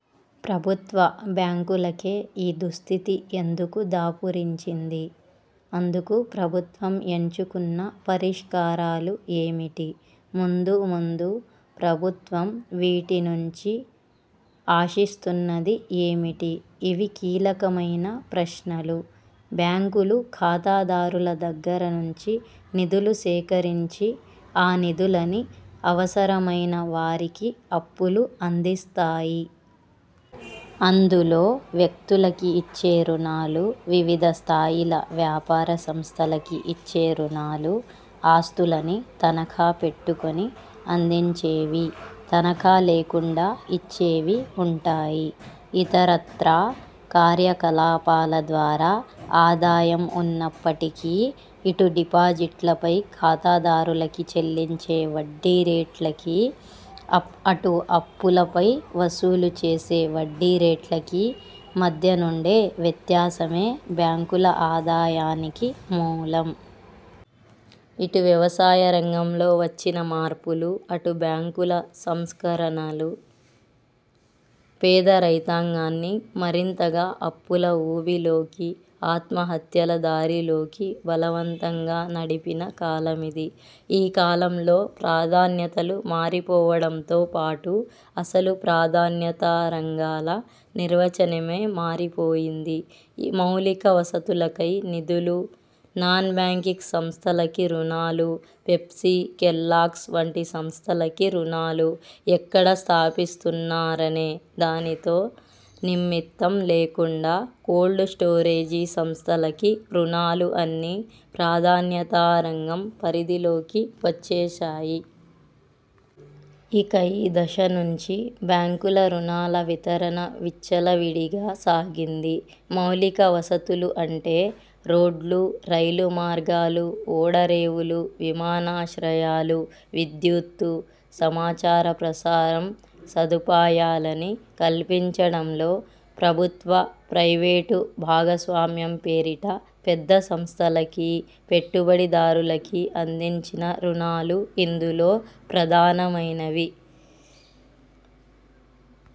ప్రభుత్వ బ్యాంకులకే ఈ దుస్థితి ఎందుకు దాపురించింది? అందుకు ప్రభుత్వం ఎంచుకున్న పరిష్కారాలు ఏమిటి? ముందు, ముందు ప్రభుత్వం వీటి నుంచి ఆశిస్తున్నది ఏమిటి? ఇవి కీలకమైన ప్రశ్నలు. బ్యాంకులు ఖాతాదారుల దగ్గర నుంచి నిధులు సేకరించి, ఆ నిధులని అవసరమైన వారికి అప్పులు అందిస్తాయి. అందులో, వ్యక్తులకి ఇచ్చే రుణాలు, వివిధ స్థాయిల వ్యాపారసంస్థలకి ఇచ్చే రుణాలు, ఆస్తులని తనఖా పెట్టుకుని అందించేవి, తనఖా లేకుండా ఇచ్చేవి వుంటాయి. ఇతరత్రా కార్యకలాపాల ద్వారా ఆదాయం ఉన్నప్పటికీ, ఇటు డిపాజిట్లపై ఖాతాదారులకి చెల్లించే వడ్డీరేట్లకీ, అటు అప్పులపై వసూలు చేసే వడ్డీ రేట్లకీ మధ్యనుండే వ్యత్యాసమే బ్యాంకుల ఆదాయానికి మూలం. ఇటు వ్యవసాయరంగంలో వచ్చిన మార్పులు, అటు బ్యాంకుల సంస్కరణలు పేద రైతాంగాన్ని మరింతగా అప్పుల ఊబిలోకి, ఆత్మహత్యల దారిలోకి బలవంతంగా నడిపిన కాలమిది. ఈ కాలంలో ప్రాధాన్యతలు మారిపోవడంతో పాటు, అసలు 'ప్రాధాన్యతా రంగాల' నిర్వచనమే మారిపోయింది. మౌలిక వసతులకై నిధులు, నాన్ బ్యాంకింగ్ సంస్థలకి రుణాలు, పెప్సీ, కెల్లాగ్స్ వంటి సంస్థలకి రుణాలు, ఎక్కడ స్థాపిస్తున్నారనే దానితో నిమిత్తం లేకుండా కోల్డ్ స్టోరేజీ సంస్థలకి రుణాలు అన్నీ 'ప్రాధాన్యతా రంగం' పరిధిలోకి వచ్చేశాయి! ఇక ఈ దశ నుంచి, బ్యాంకుల రుణాల వితరణ విచ్చలవిడిగా సాగింది. మౌలిక వసతులు అంటే – రోడ్లు, రైలు మార్గాలు, ఓడరేవులు, విమానాశ్రయాలు, విద్యుత్తు, సమాచార ప్రసారం సదుపాయాలని కల్పించడంలో – ప్రభుత్వ, ప్రైవేటు భాగస్వామ్యం పేరిట పెద్ద సంస్థలకీ, పెట్టుబడిదారులకీ అందించిన రుణాలు ఇందులో ప్రధానమైనవి.